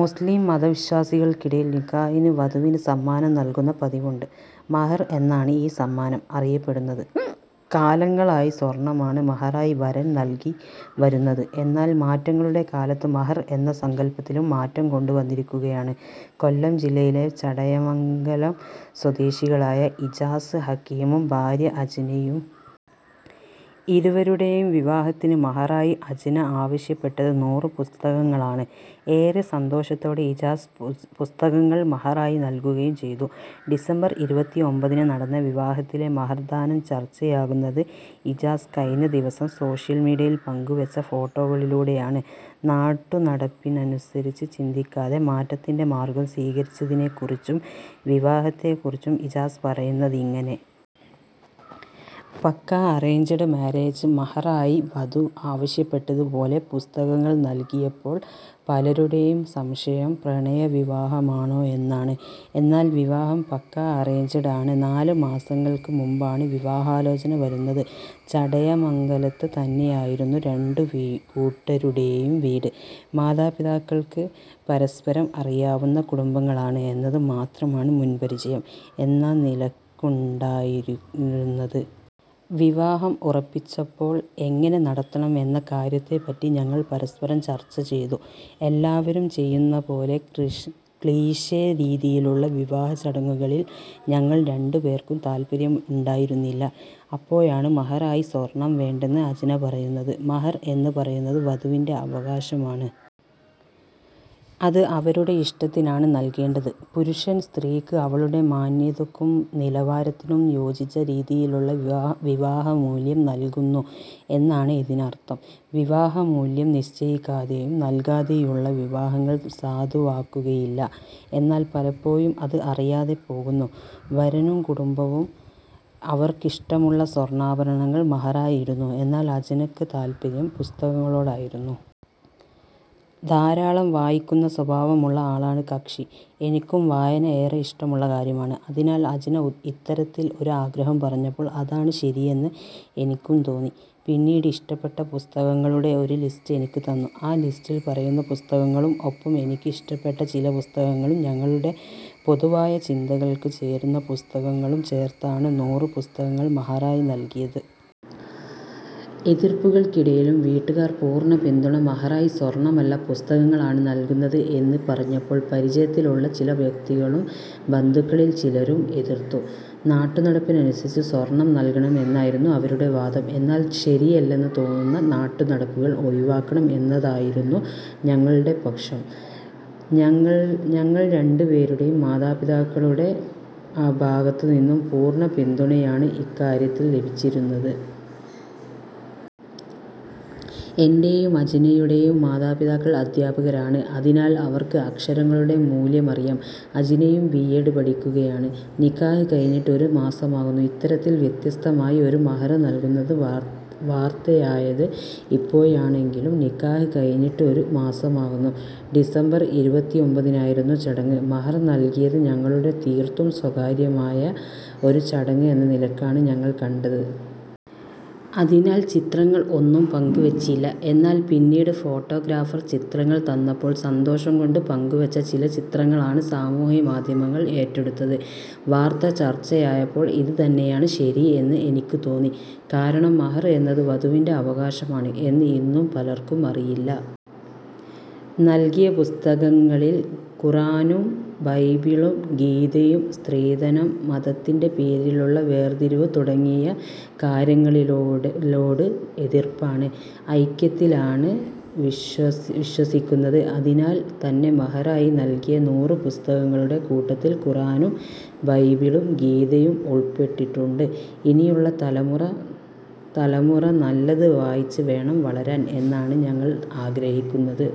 മുസ്ലിം മത വിശ്വാസികൾക്കിടയിൽ നിക്കാഹിന് വധുവിന് സമ്മാനം നൽകുന്ന പതിവുണ്ട്. മഹർ എന്നാണ് ഈ സമ്മാനം അറിയപ്പെടുന്നത്. കാലങ്ങളായി സ്വർണമാണ് മഹറായി വരൻ നൽകി വരുന്നത്. എന്നാൽ മാറ്റങ്ങളുടെ കാലത്ത് മഹർ എന്ന സങ്കൽപ്പത്തിലും മാറ്റം കൊണ്ട് വന്നിരിക്കുകയാണ് കൊല്ലം ജില്ലയിലെ ചടയമംഗലം സ്വദേശികളായ ഇജാസ് ഹക്കിമും ഭാര്യ അജ്നയും. ഇരുവരുടെയും വിവാഹത്തിന് മഹാറായി അജ്ന ആവശ്യപ്പെട്ടത് നൂറ് പുസ്തകങ്ങളാണ്. ഏറെ സന്തോഷത്തോടെ ഇജാസ് പുസ്തകങ്ങൾ മഹാറായി നൽകുകയും ചെയ്തു. ഡിസംബർ ഇരുപത്തിഒമ്പത്തിന് നടന്ന വിവാഹത്തിലെ മഹർ ദാനം ചർച്ചയാകുന്നത് ഇജാസ് കഴിഞ്ഞ ദിവസം സോഷ്യൽ മീഡിയയിൽ പങ്കുവച്ച ഫോട്ടോകളിലൂടെയാണ്. നാട്ടുനടപ്പനുസരിച്ച് ചിന്തിക്കാതെ മാറ്റത്തിന്‍റെ മാർഗം സ്വീകരിച്ചതിനെക്കുറിച്ചും വിവാഹത്തെക്കുറിച്ചും ഇജാസ് പറയുന്നതിങ്ങനെ. പക്കാ അറേഞ്ച്ഡ് മാരേജ് .മഹറായി വധു ആവശ്യപ്പെട്ടത് പോലെ പുസ്തകങ്ങൾ നൽകിയപ്പോൾ പലരുടെയും സംശയം പ്രണയ വിവാഹമാണോ എന്നാണ്. എന്നാൽ വിവാഹം പക്കാ അറേഞ്ച്ഡ് ആണ്. നാല് മാസങ്ങൾക്ക് മുൻപാണ് വിവാഹാലോചന വരുന്നത്. ചടയമംഗലത്ത് തന്നെയായിരുന്നു രണ്ടു കൂട്ടരുടെയും വീട്. മാതാപിതാക്കൾക്ക് പരസ്പരം അറിയാവുന്ന കുടുംബങ്ങളാണ് എന്നത് മാത്രമാണ് മുൻപരിചയം എന്ന നിലക്കുണ്ടായിരുന്നത്. വിവാഹം ഉറപ്പിച്ചപ്പോൾ എങ്ങനെ നടത്തണം എന്ന കാര്യത്തെ പറ്റി ഞങ്ങൾ പരസ്പരം ചർച്ച ചെയ്തു. എല്ലാവരും ചെയ്യുന്ന പോലെ ക്ലീഷേ രീതിയിലുള്ള വിവാഹ ചടങ്ങുകളിൽ ഞങ്ങൾ രണ്ടുപേർക്കും താൽപര്യം ഉണ്ടായിരുന്നില്ല. അപ്പോഴാണ് മഹർ ആയി സ്വർണം വേണ്ടെന്ന് അജ്ന പറയുന്നത്. മഹർ എന്ന് പറയുന്നത് വധുവിന്‍റെ അവകാശമാണ്. അത് അവരുടെ ഇഷ്ടത്തിനാണ് നൽകേണ്ടത്. പുരുഷൻ സ്ത്രീക്ക് അവളുടെ മാന്യതക്കും നിലവാരത്തിനും യോജിച്ച രീതിയിലുള്ള വിവാഹമൂല്യം നൽകുന്നു എന്നാണ് ഇതിനർത്ഥം. വിവാഹമൂല്യം നിശ്ചയിക്കാതെയും നല്‍കാതെയുള്ള വിവാഹങ്ങള്‍ സാധുവാകുകയില്ല.. എന്നാൽ പലപ്പോഴും അത് അറിയാതെ പോകുന്നു. വരനും കുടുംബവും അവർക്കിഷ്ടമുള്ള സ്വർണാഭരണങ്ങൾ മഹറായി ഇടുന്നു. എന്നാൽ അജ്നക്ക് താൽപര്യം പുസ്തകങ്ങളോടായിരുന്നു. ധാരാളം വായിക്കുന്ന സ്വഭാവമുള്ള ആളാണ് കക്ഷി. എനിക്കും വായന ഏറെ ഇഷ്ടമുള്ള കാര്യമാണ്. അതിനാൽ അജ്ന ഇത്തരത്തിൽ ഒരു ആഗ്രഹം പറഞ്ഞപ്പോൾ, അതാണ് ശരിയെന്ന് എനിക്കും തോന്നി. പിന്നീട് ഇഷ്ടപ്പെട്ട പുസ്തകങ്ങളുടെ ഒരു ലിസ്റ്റ് എനിക്ക് തന്നു. ആ ലിസ്റ്റിൽ പറയുന്ന പുസ്തകങ്ങളും ഒപ്പം എനിക്കിഷ്ടപ്പെട്ട ചില പുസ്തകങ്ങളും ഞങ്ങളുടെ പൊതുവായ ചിന്തകൾക്ക് ചേരുന്ന പുസ്തകങ്ങളും ചേർത്താണ് നൂറ് പുസ്തകങ്ങൾ മഹാറായി നൽകിയത്. എതിർപ്പുകൾക്കിടയിലും വീട്ടുകാർ പൂർണ പിന്തുണ മഹറായി സ്വർണമല്ല പുസ്തകങ്ങളാണ് നൽകുന്നത് എന്ന് പറഞ്ഞപ്പോൾ പരിചയത്തിലുള്ള ചില വ്യക്തികളും ബന്ധുക്കളിൽ ചിലരും എതിർത്തു. നാട്ടുനടപ്പനുസരിച്ച് സ്വർണം നൽകണം എന്നായിരുന്നു അവരുടെ വാദം. എന്നാൽ ശരിയല്ലെന്ന് തോന്നുന്ന നാട്ടുനടപ്പുകൾ ഒഴിവാക്കണം എന്നതായിരുന്നു ഞങ്ങളുടെ പക്ഷം. ഞങ്ങൾ രണ്ടുപേരുടെയും മാതാപിതാക്കളുടെ ഭാഗത്ത് നിന്നും പൂർണ പിന്തുണയാണ് ഇക്കാര്യത്തിൽ ലഭിച്ചിരുന്നത്. എന്‍റെയും അജ്നയുടെയും മാതാപിതാക്കൾ അധ്യാപകരാണ്. അതിനാൽ അവർക്ക് അക്ഷരങ്ങളുടെ മൂല്യമറിയാം. അജ്നയും ബിഎഡ് പഠിക്കുകയാണ്. നിക്കാഹ് കഴിഞ്ഞിട്ട് ഒരു മാസമാകുന്നു ഇത്തരത്തിൽ വ്യത്യസ്തമായി ഒരു മഹർ നൽകുന്നത് വാർത്തയായത് ഇപ്പോഴാണെങ്കിലും നിക്കാഹ് കഴിഞ്ഞിട്ട് ഒരു മാസമാകുന്നു. ഡിസംബർ ഇരുപത്തിഒമ്പതിനായിരുന്നു ചടങ്ങ്. മഹർ നൽകിയത് ഞങ്ങളുടെ തീർത്തും സ്വകാര്യമായ ഒരു ചടങ്ങ് എന്ന നിലക്കാണ് ഞങ്ങൾ കണ്ടത്. അതിനാൽ ചിത്രങ്ങൾ ഒന്നും പങ്കുവച്ചില്ല. എന്നാൽ പിന്നീട് ഫോട്ടോഗ്രാഫർ ചിത്രങ്ങൾ തന്നപ്പോൾ, സന്തോഷം കൊണ്ട് പങ്കുവച്ച ചില ചിത്രങ്ങളാണ് സമൂഹമാധ്യമങ്ങൾ ഏറ്റെടുത്തത്. വാർത്ത ചർച്ചയായപ്പോൾ ഇത് തന്നെയാണ് ശരി എന്ന് എനിക്ക് തോന്നി. കാരണം മഹർ എന്നത് വധുവിന്‍റെ അവകാശമാണ് എന്ന് ഇന്നും പലർക്കും അറിയില്ല. നൽകിയ പുസ്തകങ്ങളിൽ ഖുറാനും ബൈബിളും ഗീതയും സ്ത്രീധനം, മതത്തിന്‍റെ പേരിലുള്ള വേർതിരിവ് തുടങ്ങിയ കാര്യങ്ങളിലോട് എതിർപ്പാണ്. ഐക്യത്തിലാണ് വിശ്വസിക്കുന്നത്. അതിനാൽ തന്നെ മഹറായി നൽകിയ നൂറ് പുസ്തകങ്ങളുടെ കൂട്ടത്തിൽ ഖുറാനും ബൈബിളും ഗീതയും ഉൾപ്പെട്ടിട്ടുണ്ട്. ഇനിയുള്ള തലമുറ നല്ലത് വായിച്ച് വേണം വളരാൻ എന്നാണ് ഞങ്ങൾ ആഗ്രഹിക്കുന്നത്.